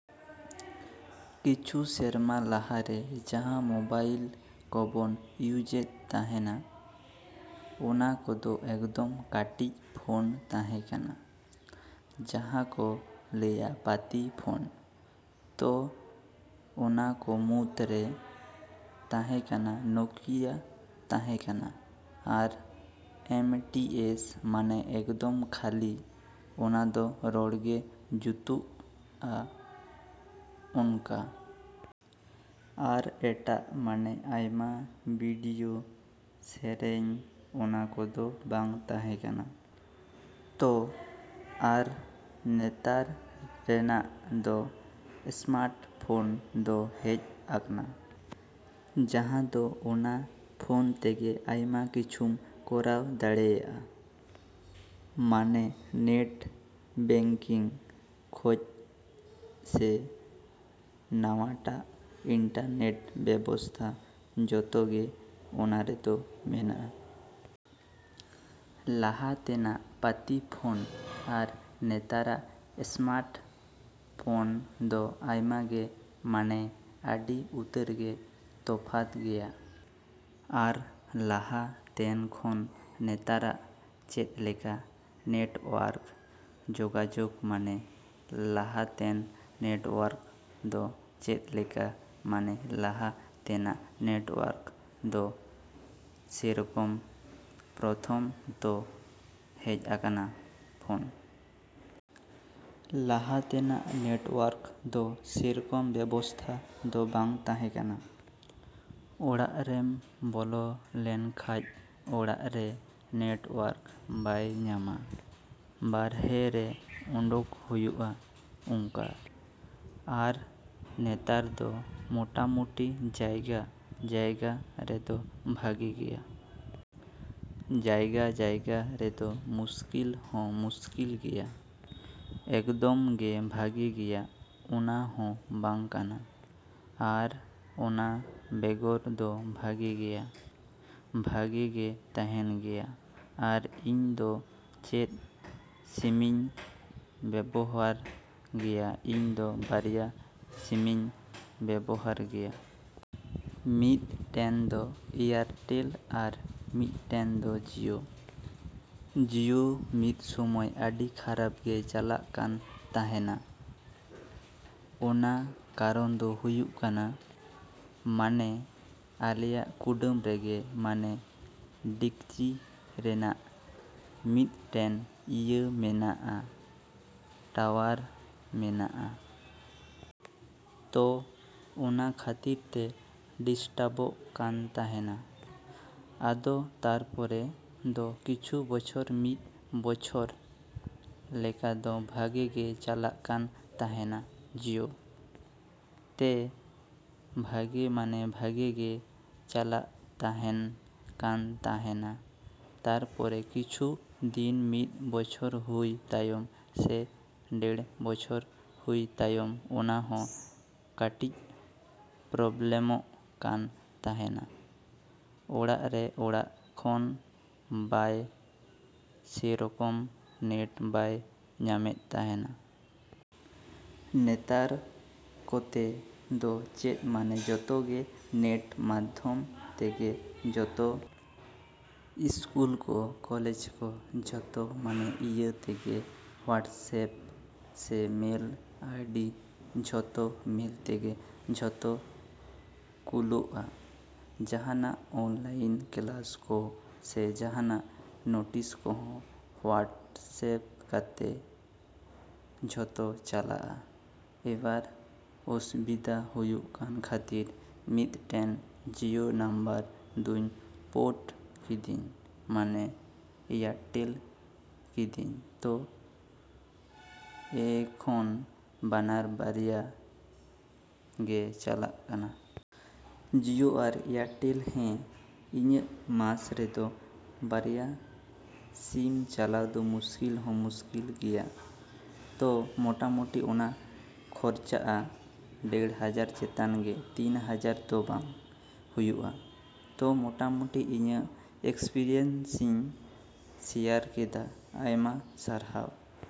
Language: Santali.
ᱠᱤᱪᱷᱩ ᱥᱮᱨᱢᱟ ᱞᱟᱦᱟᱨᱮ ᱡᱟᱦᱟᱸ ᱢᱚᱵᱟᱭᱤᱞ ᱠᱚᱵᱚᱱ ᱤᱭᱩᱡᱮᱫ ᱛᱟᱦᱮᱱᱟ, ᱚᱱᱟ ᱠᱚᱫᱚ ᱮᱠᱫᱚᱢ ᱠᱟᱹᱴᱤᱡ ᱯᱷᱳᱱ ᱛᱟᱦᱮᱠᱟᱱᱟ, ᱡᱟᱦᱟᱸ ᱠᱚ ᱞᱟᱹᱭᱟ ᱯᱟᱛᱤ ᱯᱷᱳᱱ᱾ ᱛᱚ, ᱚᱱᱟᱠᱚ ᱢᱩᱫ ᱨᱮ ᱛᱟᱦᱮᱸ ᱠᱟᱱᱟ ᱱᱚᱠᱤᱭᱟ ᱛᱟᱦᱮᱠᱟᱱᱟ ᱟᱨ ᱮᱢ ᱴᱤ ᱮᱥ ᱢᱟᱱᱮ ᱮᱠᱫᱚᱢ ᱠᱷᱟᱹᱞᱤ ᱚᱱᱟᱫᱚ ᱨᱚᱲ ᱜᱮ ᱡᱩᱛᱩᱜᱼᱟ ᱚᱱᱠᱟ᱾ ᱟᱨ ᱮᱴᱟᱜ ᱢᱟᱱᱮ ᱟᱭᱢᱟ ᱵᱤᱰᱤᱭᱳ, ᱥᱮᱨᱮᱧ ᱚᱱᱟ ᱠᱚᱫᱚ ᱵᱟᱝ ᱛᱟᱦᱮᱸ ᱠᱟᱱᱟ᱾ ᱛᱚ, ᱟᱨ ᱱᱮᱛᱟᱨ ᱨᱮᱱᱟᱜ ᱫᱚ ᱥᱢᱟᱨᱴ ᱯᱷᱳᱱ ᱫᱚ ᱦᱮᱡ ᱟᱠᱱᱟ᱾ ᱡᱟᱦᱟᱸ ᱫᱚ ᱚᱱᱟ ᱯᱷᱳᱱ ᱛᱮᱜᱮ ᱟᱭᱢᱟ ᱠᱤᱪᱷᱩᱢ ᱠᱚᱨᱟᱣ ᱫᱟᱲᱮᱭᱟᱜᱼᱟ᱾ ᱢᱟᱱᱮ ᱱᱮᱴ ᱵᱮᱝᱠᱤᱝ ᱠᱷᱚᱡ ᱥᱮ ᱱᱟᱣᱟᱴᱟᱜ ᱤᱱᱴᱟᱨᱱᱮᱴ ᱵᱮᱵᱚᱥᱛᱟ ᱡᱚᱛᱚ ᱜᱮ ᱚᱱᱟᱨᱮᱫᱚ ᱢᱮᱱᱟᱜᱼᱟ᱾ ᱞᱟᱦᱟ ᱛᱮᱱᱟᱜ ᱯᱟᱛᱤ ᱯᱷᱳᱱ ᱟᱨ ᱱᱮᱛᱟᱨᱟᱜ ᱥᱢᱟᱨᱴ ᱯᱷᱚᱱ ᱫᱚ ᱟᱭᱢᱟ ᱜᱮ ᱢᱟᱱᱮ ᱟᱹᱰᱤ ᱩᱛᱟᱹᱨ ᱜᱮ ᱛᱚᱯᱷᱟᱛ ᱜᱮᱭᱟ᱾ ᱟᱨ ᱞᱟᱦᱟ ᱛᱮᱱ ᱠᱷᱚᱱ ᱱᱮᱛᱟᱨᱟᱜ ᱪᱮᱫᱞᱮᱠᱟ ᱱᱮᱴᱚᱣᱟᱨᱠ ᱡᱚᱜᱟᱡᱚᱜᱽ ᱢᱟᱱᱮ ᱞᱟᱦᱟᱛᱮᱱ ᱱᱮᱴᱚᱣᱟᱨᱠ ᱫᱚ ᱪᱮᱫᱞᱮᱠᱟ ᱢᱟᱱᱮ ᱞᱟᱦᱟ ᱛᱮᱱᱟᱜ ᱱᱮᱴᱚᱣᱟᱨᱠ ᱫᱚ ᱥᱮᱨᱚᱠᱚᱢ ᱯᱨᱚᱛᱷᱚᱢ ᱛᱚ ᱦᱮᱡ ᱟᱠᱟᱱᱟ ᱯᱷᱳᱱ᱾ ᱞᱟᱦᱟ ᱛᱮᱱᱟᱜ ᱱᱮᱴᱚᱣᱟᱨᱠ ᱫᱚ ᱥᱮᱨᱚᱠᱚᱢ ᱵᱮᱵᱚᱥᱛᱷᱟ ᱫᱚ ᱵᱟᱝ ᱛᱟᱦᱮᱸ ᱠᱟᱱᱟ᱾ ᱚᱲᱟᱜ ᱨᱮᱢ ᱵᱚᱞᱚ ᱞᱮᱱ ᱠᱷᱟᱡ, ᱚᱲᱟᱜ ᱨᱮ ᱱᱮᱴᱚᱣᱟᱨᱠ ᱵᱟᱭ ᱧᱟᱢᱟ᱾ ᱵᱟᱨᱦᱮ ᱨᱮ ᱚᱰᱚᱠ ᱦᱩᱭᱩᱜᱼᱟ ᱚᱝᱠᱟ᱾ ᱟᱨ ᱱᱮᱛᱟᱨ ᱫᱚ ᱢᱚᱴᱟᱢᱩᱴᱤ ᱡᱟᱭᱜᱟᱼᱡᱟᱭᱜᱟ ᱨᱮᱫᱚ ᱵᱷᱟᱜᱮ ᱜᱮᱭᱟ᱾ ᱡᱟᱭᱜᱟᱼᱡᱟᱭᱜᱟ ᱨᱮᱫᱚ ᱢᱩᱥᱠᱤᱞ ᱦᱚᱸ ᱢᱩᱥᱠᱤᱞ ᱜᱮᱭᱟ᱾ ᱮᱠᱫᱚᱢ ᱜᱮ ᱵᱷᱟᱜᱮ ᱜᱮᱭᱟ, ᱚᱱᱟ ᱦᱚᱸ ᱵᱟᱝ ᱠᱟᱱᱟ᱾ ᱟᱨ ᱚᱱᱟ ᱵᱮᱜᱚᱨ ᱫᱚ ᱵᱷᱟᱜᱮ ᱜᱮᱭᱟ᱾ ᱵᱷᱟᱜᱮ ᱜᱮ ᱛᱟᱦᱮᱱ ᱜᱮᱭᱟ᱾ ᱟᱨ ᱤᱧ ᱫᱚ ᱪᱮᱫ ᱥᱤᱢᱤᱧ ᱵᱮᱵᱚᱦᱟᱨ ᱜᱮᱭᱟ, ᱤᱧ ᱫᱚ ᱵᱟᱨᱭᱟ ᱥᱤᱢᱤᱧ ᱵᱮᱵᱚᱦᱟᱨ ᱜᱮᱭᱟ᱾ ᱢᱤᱫᱴᱮᱱ ᱫᱚ ᱮᱭᱟᱨᱴᱮᱞ ᱟᱨ ᱢᱤᱫᱴᱮᱱ ᱫᱚ ᱡᱤᱭᱳ᱾ ᱡᱤᱭᱳ ᱢᱤᱫ ᱥᱚᱢᱚᱭ ᱟᱹᱰᱤ ᱠᱷᱟᱨᱟᱯ ᱜᱮ ᱪᱟᱞᱟᱜ ᱠᱟᱱ ᱛᱟᱦᱮᱱᱟ ᱚᱱᱟ ᱠᱟᱨᱚᱱ ᱫᱚ ᱦᱩᱭᱩᱜ ᱠᱟᱱᱟ᱾ ᱢᱟᱱᱮ ᱟᱞᱮᱭᱟᱜ ᱠᱩᱰᱟᱹᱢ ᱨᱮᱜᱮ ᱢᱟᱱᱮ ᱰᱤᱠᱪᱤ ᱨᱮᱱᱟᱜ ᱢᱤᱫᱴᱮᱱ ᱤᱭᱟᱹ ᱢᱮᱱᱟᱜᱼᱟ, ᱴᱟᱣᱟᱨ ᱢᱮᱱᱟᱜᱼᱟ᱾ ᱛᱚ, ᱚᱱᱟ ᱠᱷᱟᱹᱛᱤᱨ ᱛᱮ ᱰᱤᱥᱴᱟᱵᱚᱜ ᱠᱟᱱ ᱛᱟᱦᱮᱱᱟ᱾ ᱟᱫᱚ ᱛᱟᱨᱯᱚᱨᱮ ᱫᱚ ᱠᱤᱪᱷᱩ ᱵᱚᱪᱷᱚᱨ, ᱢᱤᱫ ᱵᱚᱪᱷᱚᱨ ᱞᱮᱠᱟᱫᱚ ᱵᱷᱟᱜᱮ ᱜᱮ ᱪᱟᱞᱟᱜ ᱠᱟᱱ ᱛᱟᱦᱮᱱᱟ ᱡᱤᱭᱳ᱾ ᱛᱮ, ᱵᱷᱟᱜᱮ ᱢᱟᱱᱮ ᱵᱷᱟᱜᱮ ᱜᱮ ᱪᱟᱞᱟᱜ ᱛᱟᱦᱮᱱ ᱠᱟᱱ ᱛᱟᱦᱮᱱᱟ᱾ ᱛᱟᱯᱚᱨᱮ ᱠᱤᱪᱷᱩ ᱫᱤᱱ ᱢᱤᱫ ᱵᱚᱪᱷᱚᱨ ᱦᱩᱭ ᱛᱟᱭᱚᱢ ᱥᱮ ᱰᱮᱲ ᱵᱚᱪᱷᱚᱨ ᱦᱩᱭ ᱛᱟᱭᱚᱢ ᱚᱱᱟ ᱦᱚᱸ ᱠᱟᱹᱴᱤᱡ ᱯᱨᱚᱵᱞᱮᱢᱚᱜ ᱠᱟᱱ ᱛᱟᱦᱮᱱᱟ, ᱚᱲᱟᱜ ᱨᱮ ᱚᱲᱟᱜ ᱠᱷᱚᱱ ᱵᱟᱭ, ᱥᱮᱨᱚᱠᱚᱢ ᱱᱮᱴ ᱵᱟᱭ ᱧᱟᱢᱮᱫ ᱛᱟᱦᱮᱱᱟ᱾ ᱱᱮᱛᱟᱨ ᱠᱚᱛᱮ ᱫᱚ ᱪᱮᱫ ᱢᱟᱱᱮ ᱡᱚᱛᱚ ᱜᱮ ᱱᱮᱴ ᱢᱟᱫᱽᱫᱷᱚᱢ ᱛᱮᱜᱮ ᱡᱚᱛᱚ ᱥᱠᱩᱞ ᱠᱚ, ᱠᱚᱞᱮᱡᱽ ᱠᱚ ᱡᱷᱚᱛᱚ ᱢᱟᱱᱮ ᱤᱭᱟᱹ ᱛᱮᱜᱮ, ᱦᱚᱣᱟᱴᱥᱮᱯ ᱥᱮ ᱢᱮᱞ ᱟᱭᱰᱤ ᱡᱷᱚᱛᱚ ᱢᱮᱞ ᱛᱮᱜᱮ ᱡᱷᱚᱛᱚ ᱠᱩᱞᱳᱜᱼᱟ, ᱡᱟᱦᱟᱱᱟᱜ ᱚᱱᱞᱟᱭᱤᱱ ᱠᱞᱟᱥ ᱠᱚ ᱥᱮ ᱡᱟᱦᱟᱱᱟᱜ ᱱᱚᱴᱤᱥ ᱠᱚᱦᱚᱸ ᱦᱚᱣᱟᱴᱥᱮᱯ ᱠᱚᱛᱮ ᱡᱷᱚᱛᱚ ᱪᱟᱞᱟᱜᱼᱟ, ᱮᱵᱟᱨ ᱚᱥᱩᱵᱤᱫᱟ ᱦᱩᱭᱩᱜ ᱠᱟᱱ ᱠᱷᱟᱹᱛᱤᱨ ᱢᱤᱫᱴᱮᱱ ᱡᱤᱭᱳ ᱱᱟᱢᱵᱟᱨ ᱫᱩᱧ ᱯᱳᱨᱴ ᱠᱤᱫᱟᱹᱧ ᱢᱟᱱᱮ ᱮᱭᱟᱨᱴᱮᱞ ᱠᱟᱹᱫᱤᱧ ᱛᱚ, ᱮᱠᱷᱚᱱ ᱵᱟᱱᱟᱨ ᱵᱟᱨᱭᱟ ᱜᱮ ᱪᱟᱞᱟᱜ ᱠᱟᱱᱟ᱾ ᱡᱤᱭᱳ ᱟᱨ ᱮᱭᱟᱨᱴᱮᱞ᱾ ᱦᱮᱸ, ᱤᱧᱟᱹᱜ ᱢᱟᱥ ᱨᱮᱫᱚ ᱵᱟᱨᱭᱟ ᱥᱤᱢ ᱪᱟᱞᱟᱣ ᱫᱚ ᱢᱩᱥᱠᱤᱞ ᱦᱚᱸ ᱢᱩᱥᱠᱤᱞ ᱜᱮᱭᱟ᱾ ᱛᱚ, ᱢᱚᱴᱟᱢᱩᱴᱤ, ᱚᱱᱟ ᱠᱷᱚᱨᱪᱟᱜᱼᱟ ᱰᱮᱲ ᱦᱟᱡᱟᱨ ᱪᱮᱛᱟᱱ ᱜᱮ ᱛᱤᱱ ᱦᱟᱡᱟᱨ ᱫᱚ ᱵᱟᱝ ᱦᱩᱭᱩᱜᱼᱟ᱾ ᱛᱚ, ᱢᱚᱴᱟᱢᱚᱴᱤ ᱤᱧᱟᱹᱜ ᱮᱠᱥᱯᱮᱨᱤᱭᱮᱱᱥᱤᱧ ᱥᱮᱭᱟᱨ ᱠᱮᱫᱟ᱾ ᱟᱭᱢᱟ ᱥᱟᱨᱦᱟᱣ!